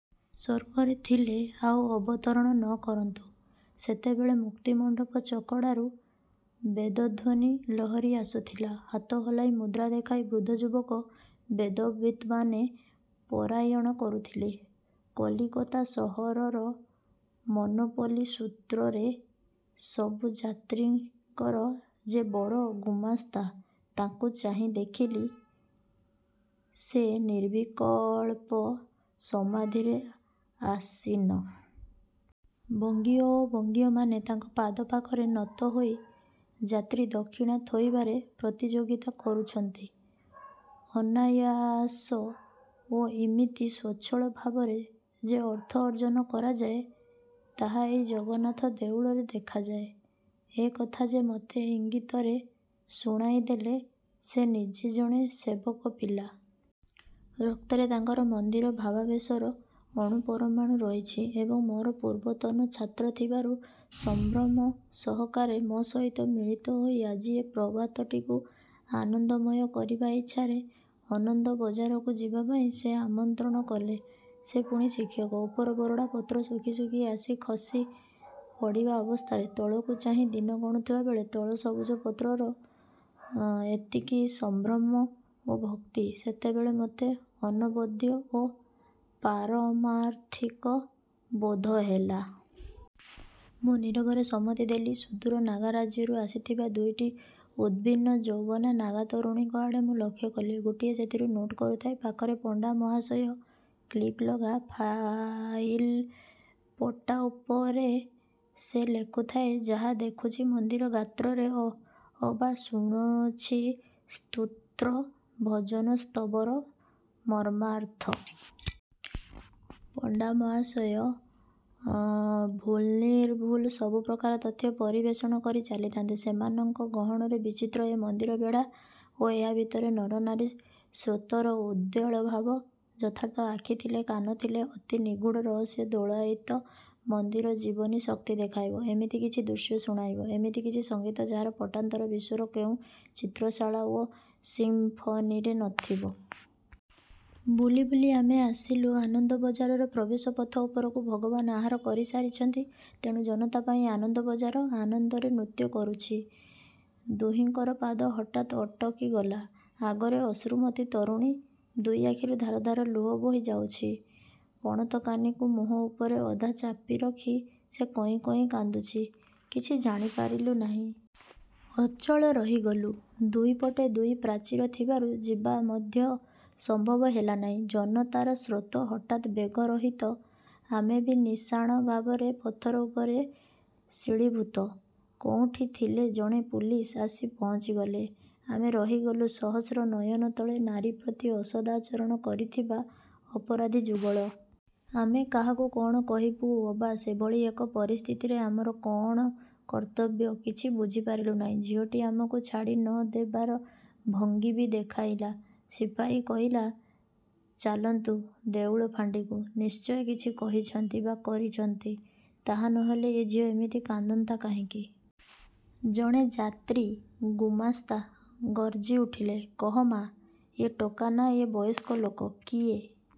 ସ୍ୱର୍ଗରେ ଥିଲେ ଆଉ ଅବତରଣ ନ କରନ୍ତୁ। ସେତେବେଳେ ମୁକ୍ତିମଣ୍ଡପ ଚକଡ଼ାରୁ ବେଦଧ୍ଵନୀ ଲହରୀ ଆସୁଥିଲା। ହାତ ହଲାଇ, ମୁଦ୍ରା ଦେଖାଇ ବୃଦ୍ଧ ଯୁବକ ବେଦବିତ୍ମାନେ ପରାୟଣ କରୁଥିଲେ। କଲିକତା ସହରର ମୋନୋପଲି ସୂତ୍ରରେ ସବୁ ଯାତ୍ରୀଙ୍କର ଯେ ବଡ଼ ଗୁମାସ୍ତା, ତାଙ୍କୁ ଚାହିଁ ଦେଖିଲି, ସେ ନିର୍ବିକଳ୍ପ ସମାଧିରେ ଆସୀନ। ବଙ୍ଗୀୟ ଓ ବଙ୍ଗୀୟମାନେ ତାଙ୍କ ପାଦ ପାଖରେ ନତ ହୋଇ ଯାତ୍ରୀ ଦକ୍ଷିଣା ଥୋଇବାରେ ପ୍ରତିଯୋଗିତା କରୁଛନ୍ତି। ଅନାୟାସ ଓ ଇମିତି ସ୍ୱଚ୍ଛଳ ଭାବରେ ଯେ ଅର୍ଥ ଅର୍ଜନ କରାଯାଏ, ତାହା ଏହି ଜଗନ୍ନାଥ ଦେଉଳରେ ଦେଖାଯାଏ। ଏକଥା ଯେ ମତେ ଇଙ୍ଗିତରେ ଶୁଣାଇଦେଲେ, ସେ ନିଜେ ଜଣେ ସେବକ ପିଲା। ରକ୍ତରେ ତାଙ୍କର ମନ୍ଦିର ଭାବାବେଶର ଅଣୁ ପରମାଣୁ ରହିଛି ଏବଂ ମୋର ପୂର୍ବତନ ଛାତ୍ର ଥିବାରୁ ସଂଭ୍ରମ ସହକାରେ ମୋ ସହିତ ମିଳିତହୋଇ ଆଜି ଏ ପ୍ରଭାତଟିକୁ ଆନନ୍ଦମୟ କରିବା ଇଚ୍ଛାରେ ଅନନ୍ଦବଜାରକୁ ଯିବା ପାଇଁ ସେ ଆମନ୍ତ୍ରଣ କଲେ। ସେ ପୁଣି ଶିକ୍ଷକ। ଉପର ବରଡ଼ା ପତ୍ର ଶୁଖି ଶୁଖି ଆସି ଖସି ପଡ଼ିବା ଅବସ୍ଥାରେ ତଳକୁ ଚାହିଁ ଦିନ ଗଣୁଥିବାବେଳେ ତଳ ସବୁଜ ପତ୍ରର ଏତିକି ସଂଭ୍ରମ ଓ ଭକ୍ତି ସେତେବେଳେ ମତେ ଅନବଦ୍ୟ ଓ ପାରମାର୍ଥିକ ବୋଧହେଲା। ମୁଁ ନୀରବରେ ସମ୍ମତି ଦେଲି। ସୁଦୂର ନାଗାରାଜ୍ୟରୁ ଆସିଥିବା ଦୁଇଟି ଉଦ୍ଭିନ୍ନଯୌବନା ନାଗା ତରୁଣୀଙ୍କ ଆଡ଼େ ମୁଁ ଲକ୍ଷ କଲି। ଗୋଟିଏ ସେଥିରୁ ନୋଟ୍ କରୁଥାଏ। ପାଖରେ ପଣ୍ଡା ମହାଶୟ। କ୍ଲିପ୍ ଲଗା ଫାଇଲ୍ ପଟା ଉପରେ ସେ ଲେଖୁଥାଏ, ଯାହା ଦେଖୁଛି ମନ୍ଦିର ଗାତ୍ରରେ ଅବା ଶୁଣୁଛି ସ୍ତୋତ୍ର, ଭଜନ, ସ୍ତବର ମର୍ମାର୍ଥ। ପଣ୍ଡାମହାଶୟ ଭୁଲ୍ନିର୍ଭୁଲ ସବୁ ପ୍ରକାର ତଥ୍ୟ ପରିବେଷଣ କରି ଚାଲିଥାନ୍ତି ସେମାନଙ୍କ ଗହଣରେ। ବିଚିତ୍ର ଏ ମନ୍ଦିରର ବେଢ଼ା ଓ ଏହା ଭିତରେ ନରନାରୀ ସ୍ରୋତର ଉଦ୍ବେଳ ଭାବ! ଯଥାର୍ଥ ଆଖି ଥିଲେ, କାନ ଥିଲେ, ଅତି ନିଗୂଢ଼ ରହସ୍ୟରେ ଦୋଳାୟିତ ମନ୍ଦିରର ଜୀବନୀ ଶକ୍ତି ଦେଖାଇବ ଏମିତି କିଛି ଦୃଶ୍ୟ, ଶୁଣାଇବ ଏମିତି କିଛି ସଙ୍ଗୀତ ଯାହାର ପଟାନ୍ତର ବିଶ୍ଵର କେଉଁ ଚିତ୍ରଶାଳା ଓ ସିଂଫନିରେ ନଥିବ। ବୁଲି ବୁଲି ଆମେ ଆସିଲୁ ଆନନ୍ଦବଜାରର ପ୍ରବେଶ ପଥ ଉପରକୁ ଭଗବାନ ଆହାର କରିସାରିଛନ୍ତି, ତେଣୁ ଜନତା ପାଇଁ ଆନନ୍ଦବଜାର ଆନନ୍ଦରେ ନୃତ୍ୟ କରୁଛି। ଦୁହିଁଙ୍କର ପାଦ ହଠାତ୍ ଅଟକିଗଲା। ଆଗରେ ଅଶ୍ରୁମତୀ ତରୁଣୀ। ଦୁଇ ଆଖିରୁ ଧାର ଧାର ଲୁହ ବୋହି ଯାଉଛି। ପଣତକାନିକୁ ମୁହଁ ଉପରେ ଅଧା ଚାପିରଖି ସେ କଇଁ କଇଁ କାନ୍ଦୁଛି, କିଛି ଜାଣିପାରିଲୁ ନାହିଁ। ଅଚଳ ରହିଗଲୁ। ଦୁଇପଟେ ଦୁଇ ପ୍ରାଚୀର ଥିବାରୁ ଯିବା ମଧ୍ୟ ସମ୍ଭବ ହେଲା ନାହିଁ। ଜନତାର ସ୍ରୋତ ହଠାତ୍ ବେଗରହିତ। ଆମେ ବି ନିଶାଣ ଭାବରେ ପଥର ଉପରେ ଶିଳୀଭୂତ। କେଉଁଠି ଥିଲେ ଜଣେ ପୁଲିସ୍ ଆସି ପହଞ୍ଚିଗଲେ। ଆମେ ରହିଗଲୁ ସହସ୍ର ନୟନ ତଳେ-ନାରୀ ପ୍ରତି ଅସଦାଚରଣ କରିଥିବା ଅପରାଧୀଯୁଗଳ। ଆମେ କାହାକୁ କଣ କହିବୁ ଅବା ସେଭଳି ଏକ ପରିସ୍ଥିତିରେ ଆମର କଅଣ କର୍ତ୍ତବ୍ୟ, କଛି ବୁଝିପାରିଲୁ ନାହିଁ। ଝିଅଟି ଆମକୁ ଛାଡ଼ି ନ ଦେବାର ଭଙ୍ଗୀ ବି ଦେଖାଇଲା। ସିପାହୀ କହିଲା-ଚାଲନ୍ତୁ ଦେଉଳ ଫାଣ୍ଡିକୁ। ନିଶ୍ଚୟ କିଛି କହିଛନ୍ତି ବା କରିଛନ୍ତି, ତାହା ନହେଲେ ଏ ଝିଅ ଏମିତି କାନ୍ଦନ୍ତା କାହିଁକି? ଜଣେ ଯାତ୍ରୀ ଗୁମସ୍ତା ଗର୍ଜିଉଠିଲେ-କହ ମା, ଏ ଟୋକା ନା ଏ ବୟସ୍କ ଲୋକ-କିଏ